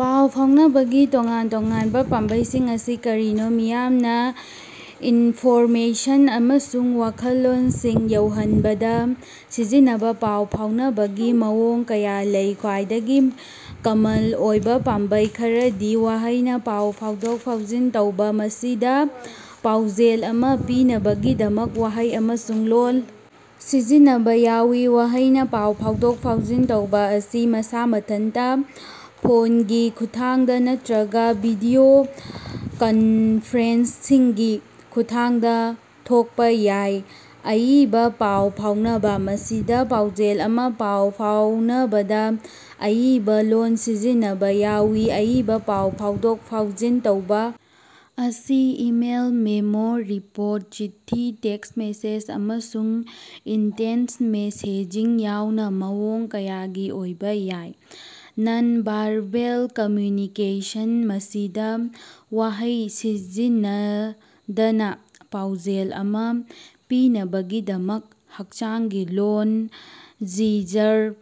ꯄꯥꯎ ꯐꯥꯎꯅꯕꯒꯤ ꯇꯣꯉꯥꯟ-ꯇꯣꯉꯥꯟꯕ ꯄꯥꯝꯕꯩꯁꯤꯡ ꯑꯁꯤ ꯀꯔꯤꯅꯣ? ꯃꯤꯌꯥꯝꯅ ꯏꯟꯐꯣꯔꯃꯦꯁꯟ ꯑꯃꯁꯨꯡ ꯋꯥꯈꯜꯂꯣꯟꯁꯤꯡ ꯌꯧꯍꯟꯕꯗ ꯁꯤꯖꯤꯟꯅꯕ ꯄꯥꯎ ꯐꯥꯎꯅꯕꯒꯤ ꯃꯑꯣꯡ ꯀꯌꯥ ꯂꯩ꯫ ꯈ꯭ꯋꯥꯏꯗꯒꯤ ꯀꯃꯟ ꯑꯣꯏꯕ ꯄꯥꯝꯕꯩ ꯈꯔꯗꯤ: ꯋꯥꯍꯩꯅ ꯄꯥꯎ ꯐꯥꯎꯗꯣꯛ-ꯐꯥꯎꯖꯤꯟ ꯇꯧꯕ: ꯃꯁꯤꯗ ꯄꯥꯎꯖꯦꯜ ꯑꯃ ꯄꯤꯅꯕꯒꯤꯗꯃꯛ ꯋꯥꯍꯩ ꯑꯃꯁꯨꯡ ꯂꯣꯜ ꯁꯤꯖꯤꯟꯅꯕ ꯌꯥꯎꯏ꯫ ꯋꯥꯍꯩꯅ ꯄꯥꯎ ꯐꯥꯎꯗꯣꯛ-ꯐꯥꯎꯖꯤꯟ ꯇꯧꯕ ꯑꯁꯤ ꯃꯁ ꯃꯊꯟꯇ, ꯐꯣꯟꯒꯤ ꯈꯨꯠꯊꯥꯡꯗ ꯅꯠꯇ꯭ꯔꯒ ꯚꯤꯗꯤꯑꯣ ꯀꯟꯐꯔꯦꯟꯁꯤꯡꯒꯤ ꯈꯨꯠꯊꯥꯡꯗ ꯊꯣꯛꯄ ꯌꯥꯏ꯫ ꯑꯏꯕ ꯄꯥꯎ ꯐꯥꯎꯅꯕ: ꯃꯁꯤꯗ ꯄꯥꯎꯖꯦꯜ ꯑꯃ ꯄꯥꯎ ꯐꯥꯎꯅꯕꯗ ꯑꯏꯕ ꯂꯣꯜ ꯁꯤꯖꯤꯟꯅꯕ ꯌꯥꯎꯏ꯫ ꯑꯏꯕ ꯄꯥꯎ ꯐꯥꯎꯗꯣꯛ-ꯐꯥꯎꯖꯤꯟ ꯇꯧꯕ ꯑꯁꯤ ꯏꯃꯦꯜ, ꯃꯦꯃꯣ, ꯔꯤꯄꯣꯔꯠ, ꯆꯤꯊꯤ, ꯇꯦꯛꯁꯠ ꯃꯦꯁꯦꯖ, ꯑꯃꯁꯨꯡ ꯏꯟꯁꯇꯦꯟꯇ ꯃꯦꯁꯦꯖꯤꯡ ꯌꯥꯎꯅ ꯃꯑꯣꯡ ꯀꯌꯥꯒꯤ ꯑꯣꯏꯕ ꯌꯥꯏ꯫ ꯅꯟ-ꯚꯥꯔꯕꯦꯜ ꯀꯝꯃ꯭ꯌꯨꯅꯤꯀꯦꯁꯟ: ꯃꯁꯤꯗ ꯋꯥꯍꯩ ꯁꯤꯖꯤꯟꯅꯗꯅ ꯄꯥꯎꯖꯦꯜ ꯑꯃ ꯄꯤꯅꯕꯒꯤꯗꯃꯛ ꯍꯛꯆꯥꯡꯒꯤ ꯂꯣꯜ, ꯖꯤꯖꯔ,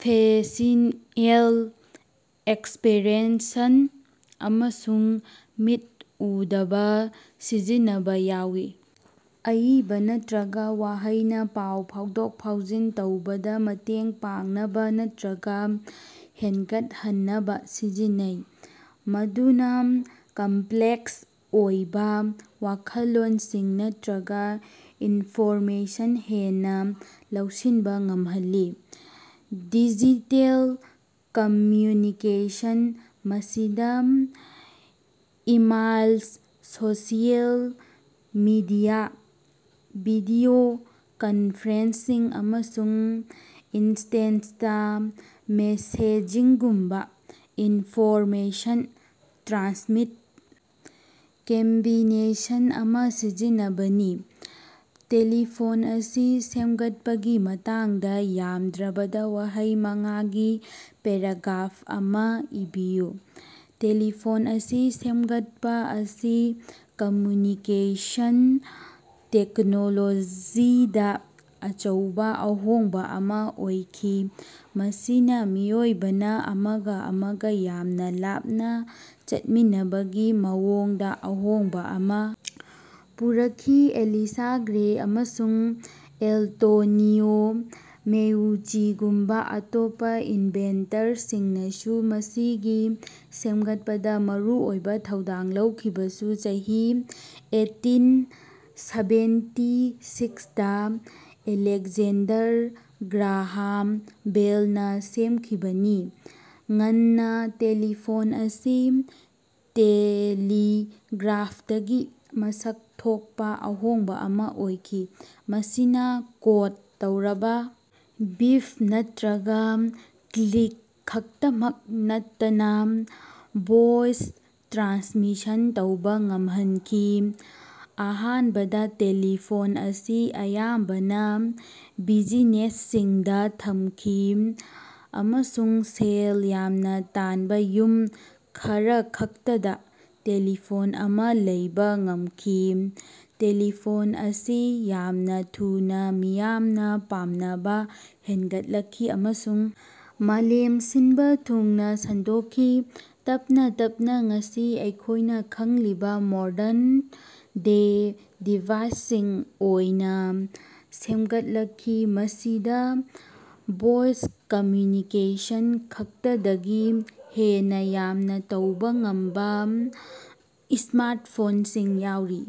ꯐꯦꯁꯤꯑꯦꯜ ꯑꯦꯛꯁꯄ꯭ꯔꯦꯁꯟ ꯑꯃꯁꯨꯡ ꯃꯤꯠ ꯎꯗꯕ ꯁꯤꯖꯤꯟꯅꯕ ꯌꯥꯎꯏ꯫ ꯑꯏꯕ ꯅꯠꯇ꯭ꯔꯒ ꯋꯥꯍꯩꯅ ꯄꯥꯎ ꯐꯥꯎꯗꯣꯛ-ꯐꯥꯎꯖꯤꯟ ꯇꯧꯕꯗ ꯃꯇꯦꯡ ꯄꯥꯡꯅꯕ ꯅꯠꯇ꯭ꯔꯒ ꯍꯦꯟꯒꯠꯍꯟꯅꯕ ꯁꯤꯖꯤꯟꯅꯩ, ꯃꯗꯨꯅ ꯀꯝꯄ꯭ꯂꯦꯛꯁ ꯑꯣꯏꯕ ꯋꯥꯈꯜꯂꯣꯟꯁꯤꯡ ꯅꯠꯇ꯭ꯔꯒ ꯏꯟꯐꯣꯔꯃꯦꯁꯟ ꯍꯦꯟꯅ ꯂꯧꯁꯤꯟꯕ ꯉꯝꯍꯜꯂꯤ꯫ ꯗꯤꯖꯤꯇꯦꯜ ꯀꯝꯃ꯭ꯌꯨꯅꯤꯀꯦꯁꯟ: ꯃꯁꯤꯗ email, social media, video conferencing, ꯑꯃꯁꯨꯡ ꯏꯟꯁꯇꯦꯟꯇ ꯃꯦꯁꯦꯖꯤꯡꯒꯨꯝꯕ ꯏꯟꯐꯣꯔꯃꯦꯁꯟ ꯇ꯭ꯔꯥꯟꯁꯃꯤꯠ ꯀꯝꯕꯤꯅꯦꯁꯟ ꯑꯃ ꯁꯤꯖꯤꯟꯅꯕꯅꯤ꯫ ꯇꯦꯂꯤꯐꯣꯟ ꯑꯁꯤ ꯁꯦꯝꯒꯠꯄꯒꯤ ꯃꯇꯥꯡꯗ ꯌꯥꯝꯗ꯭ꯔꯕꯗ ꯋꯥꯍꯩ ꯃꯉꯥꯒꯤ ꯄꯦꯔꯥꯒ꯭ꯔꯥꯐ ꯑꯃ ꯏꯕꯤꯌꯨ꯫ ꯇꯦꯂꯤꯐꯣꯟ ꯑꯁꯤ ꯁꯦꯝꯒꯠꯄ ꯑꯁꯤ ꯀꯝꯃ꯭ꯌꯨꯅꯤꯀꯦꯁꯟ ꯇꯦꯛꯅꯣꯂꯣꯖꯤꯗ ꯑꯆꯧꯕ ꯑꯍꯣꯡꯕ ꯑꯃ ꯑꯣꯏꯈꯤ, ꯃꯁꯤꯅ ꯃꯤꯑꯣꯏꯕꯅ ꯑꯃꯒ ꯑꯃꯒ ꯌꯥꯝꯅ ꯂꯥꯞꯅ ꯆꯠꯃꯤꯟꯅꯕꯒꯤ ꯃꯑꯣꯡꯗ ꯑꯍꯣꯡꯕ ꯑꯃ ꯄꯨꯔꯛꯈꯤ꯫ ꯑꯦꯂꯤꯁꯥ ꯒ꯭ꯔꯦ ꯑꯃꯁꯨꯡ ꯑꯦꯟꯇꯣꯅꯤꯑꯣ ꯃꯦꯎꯆꯤꯒꯨꯝꯕ ꯑꯇꯣꯞꯄ ꯏꯟꯚꯦꯟꯇꯔꯁꯤꯡꯅꯁꯨ ꯃꯁꯤꯒꯤ ꯁꯦꯝꯒꯠꯄꯗ ꯃꯔꯨꯑꯣꯏꯕ ꯊꯧꯗꯥꯡ ꯂꯧꯈꯤꯕꯁꯨ ꯆꯍꯤ eighteen seventy six Alexander Graham ꯕꯦꯜꯅ ꯁꯦꯝꯈꯤꯕꯅꯤ꯫ ꯉꯟꯅ ꯇꯦꯂꯤꯐꯣꯟ ꯑꯁꯤ ꯇꯦꯂꯤꯒ꯭ꯔꯥꯐꯇꯒꯤ ꯃꯁꯛ ꯊꯣꯛꯄ ꯑꯍꯣꯡꯕ ꯑꯃ ꯑꯣꯏꯈꯤ; ꯃꯁꯤꯅ ꯀꯣꯗ ꯇꯧꯔꯕ ꯕꯤꯞ ꯅꯠꯇ꯭ꯔꯒ ꯀ꯭ꯂꯤꯛ ꯈꯛꯇꯃꯛ ꯅꯠꯇꯅ ꯚꯣꯏꯁ ꯇ꯭ꯔꯥꯟꯁꯃꯤꯁꯟ ꯇꯧꯕ ꯉꯝꯍꯟꯈꯤ꯫ ꯑꯍꯥꯟꯕꯗ ꯇꯦꯂꯤꯐꯣꯟ ꯑꯁꯤ ꯑꯌꯥꯝꯕꯅ ꯕꯤꯖꯤꯅꯦꯁꯁꯤꯡꯗ ꯊꯝꯈꯤ ꯑꯃꯁꯨꯡ ꯁꯦꯜ ꯌꯥꯝꯅ ꯇꯥꯟꯕ ꯌꯨꯝ ꯈꯔꯈꯛꯇꯗ ꯇꯦꯂꯤꯐꯣꯟ ꯑꯃ ꯂꯩꯕ ꯉꯝꯈꯤ꯫ ꯇꯦꯂꯤꯐꯣꯟ ꯑꯁꯤ ꯌꯥꯝꯅ ꯊꯨꯅ ꯃꯤꯌꯥꯝꯅ ꯄꯥꯝꯅꯕ ꯍꯦꯟꯒꯠꯂꯛꯈꯤ ꯑꯃꯁꯨꯡ ꯃꯥꯂꯦꯝ ꯁꯤꯟꯕ ꯊꯨꯡꯅ ꯁꯟꯗꯣꯛꯈꯤ, ꯇꯞꯅ ꯇꯞꯅ ꯉꯁꯤ ꯑꯩꯈꯣꯏꯅ ꯈꯪꯂꯤꯕ ꯃꯣꯗꯔꯟ ꯗꯦ ꯗꯤꯚꯥꯏꯁꯁꯤꯡ ꯑꯣꯏꯅ ꯁꯦꯝꯒꯠꯂꯛꯈꯤ, ꯃꯁꯤꯗꯥ ꯚꯣꯏꯁ ꯀꯝꯃ꯭ꯌꯨꯅꯤꯀꯦꯁꯟ ꯈꯛꯇꯗꯒꯤ ꯍꯦꯟꯅ ꯌꯥꯝꯅ ꯇꯧꯕ ꯉꯝꯕ ꯁ꯭ꯃꯥꯔꯇꯐꯣꯟꯁꯤꯡ ꯌꯥꯎꯔꯤ꯫